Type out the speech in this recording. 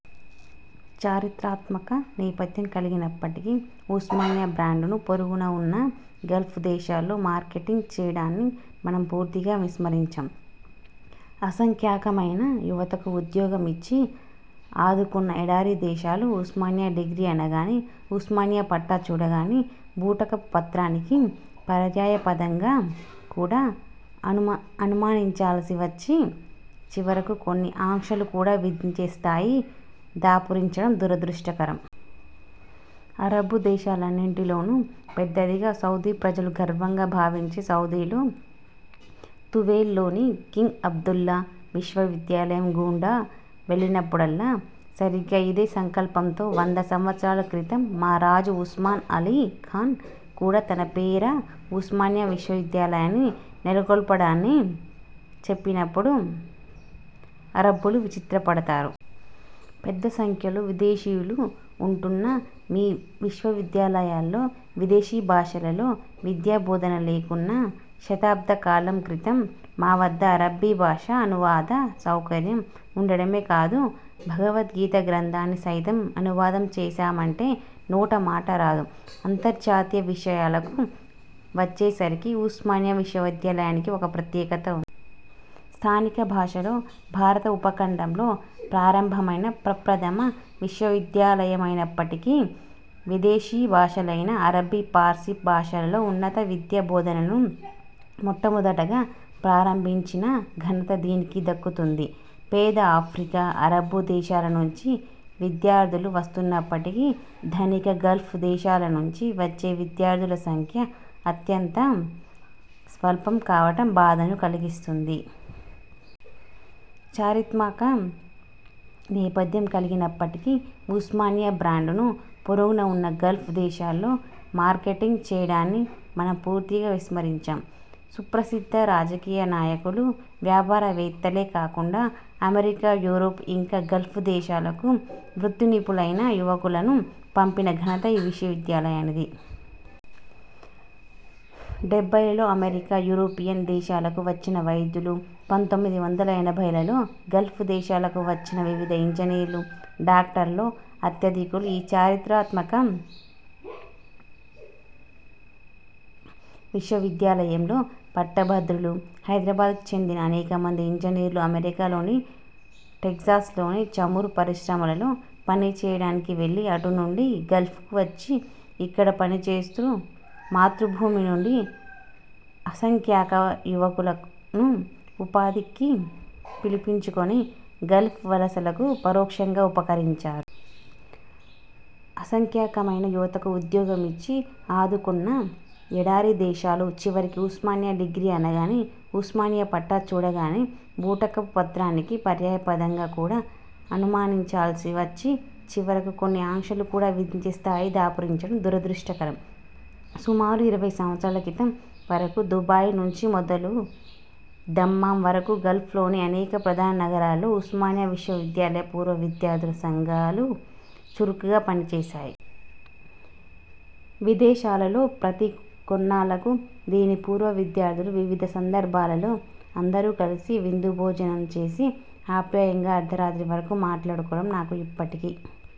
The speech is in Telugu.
చారిత్రాత్మక నేపథ్యం కల్గినప్పటికీ ఉస్మానియా బ్రాండును పొరుగున ఉన్న గల్ఫ్ దేశాలలో మార్కెటింగ్ చేయడాన్ని మనం పూర్తిగా విస్మరించాం. అసంఖ్యాకమైన యువతకు ఉద్యోగం ఇచ్చి ఆదుకొన్న ఎడారి దేశాలు ఉస్మానియా డిగ్రీ అనగానే, ఉస్మానియా పట్టా చూడగానే, బూటకపు పత్రానికి పర్యాయపదంగా కూడా అనుమానించవలసి వచ్చి చివరకు కొన్ని ఆంక్షలు కూడా విధించే స్థాయి దాపురించడం దురదృష్టకరం. అరబ్బు దేశాలన్నింటిలోనూ పెద్దదిగా, సౌదీ ప్రజలు గర్వంగా భావించే సౌదీలో తువేల్ లోని కింగ్ అబ్దుల్లా విశ్వవిద్యాలయం గూండా వెళ్ళినప్పుడల్లా సరిగ్గా ఇదే సంకల్పంతో వంద సంవత్సరాల క్రితం మా రాజు ఉస్మాన్ అలీ ఖాన్ కూడ తన పేర ఉస్మానియా విశ్వవిద్యాలయాన్ని నెలకొల్పాడని చెప్పినప్పుడు అరబ్బులు విచిత్రపడతారు. పెద్ద సంఖ్యలో విదేశీయులు ఉంటున్నా మీ విశ్వవిద్యాలయాలలో విదేశీ భాషలలో విద్యా బోధన లేకున్నా శతాబ్ద కాలం క్రితం మా వద్ద అరబ్బీ భాష అనువాద సౌకర్యం ఉండడమే కాదు, భగవద్గీత గ్రంథాన్ని సైతం అనువాదం చేసామంటే నోట మాట రాదు. అంతర్జాతీయ విషయాలకు వచ్చేసరికి ఉస్మానియా విశ్వవిద్యాలయానికి ఒక ప్రత్యేకత ఉంది. స్థానిక భాషలో భారత ఉపఖండంలో ప్రారంభమైన ప్రప్రథమ విశ్వవిద్యాలయమైనప్పటికీ విదేశీ భాషలైన అరబ్బీ, పార్సీ భాషలలో ఉన్నత విద్యా బోధనలను మొట్టమొదటగా ప్రారంభిం చిన ఘనత దీనికి దక్కుతుంది. పేద ఆఫ్రికా, అరబ్బు దేశాల నుంచి విద్యా ర్థులు వస్తున్నప్పటికీ ధనిక గల్ఫ్ దేశాల నుంచి వచ్చే విద్యార్థుల సంఖ్య అత్యంత స్వల్పం కావటం బాధను కల్గిస్తుంది. చారిత్ర్మాక నేపథ్యం కల్గినప్పటికీ ఉస్మా నియా బ్రాండును పొరుగున ఉన్న గల్ఫ్ దేశాల్లో మార్కెటింగ్ చేయడాన్ని మనం పూర్తిగా విస్మరించాం. సుప్రసిద్ధ రాజకీయ నాయకులు, వ్యాపార వేత్తలే కాకుండా అమెరికా, యూరోప్, ఇంకా గల్ఫ్ దేశాలకు వృత్తి నిపుణులైన యువకులను పంపిన ఘనత ఈ విశ్వవిద్యాలయానిది. డెబ్బైలో అమెరికా, యూరోపియన్ దేశాలకు వచ్చిన వైద్యులు, పంతొమ్మిది వందల ఎనభైలలో గల్ఫ్ దేశాలకు వచ్చిన వివిధ ఇంజినీర్లు, డాక్టర్లలో అత్యధికులు ఈ చారిత్ర్మాక విశ్వవిద్యాలయంలో పట్టభద్రులు. హైదరాబాద్ కు చెందిన అనేక మంది ఇంజినీర్లు అమెరికాలోని టెక్సాస్ లోని చమురు పరిశ్రమలలో పని చేయడానికి వెళ్ళి అటు నుండి గల్్ఫకు వచ్చి ఇక్కడ పని చేస్తూ మాతృభూమి నుండి అసంఖ్యాక యువకులను ఉపాధి కై పిలిపించుకొని గల్ఫ్ వలసలకు పరోక్షంగా ఉపకరించారు. అసంఖ్యాకమైన యువతకు ఉద్యోగం ఇచ్చి ఆదుకొన్న ఎడారి దేశాలు చివరకు ఉస్మానియా డిగ్రీ అనగానే, ఉస్మానియా పట్టా చూడగానే, బూటకపు పత్రానికి పర్యాయ పదంగా కూడా అనుమానించవలసి వచ్చి చివరకు కొన్ని ఆంక్షలు కూడా విధించే స్థాయి దాపురించడం దురదృష్టకరం. సుమారు ఇరవై సంవత్సరాల క్రితం వరకు దుబాయి నుంచి మొదలు దమ్మాం వరకు గల్ఫ్ లోని అనేక ప్రధాన నగరాలలో ఉస్మానియా విశ్వవిద్యాలయ పూర్వ విద్యార్థుల సంఘాలు చురుకుగా పని చేసాయి. విదేశాలలో ప్రతి కొన్నాళ్ళకు దీని పూర్వ విద్యార్థులు వివిధ సందర్భాలలో అందరు కలిసి విందు భోజనం చేసి అప్యాయంగా అర్ధరాత్రి వరకు మాట్లాడుకోవడం నాకు ఇప్పటికి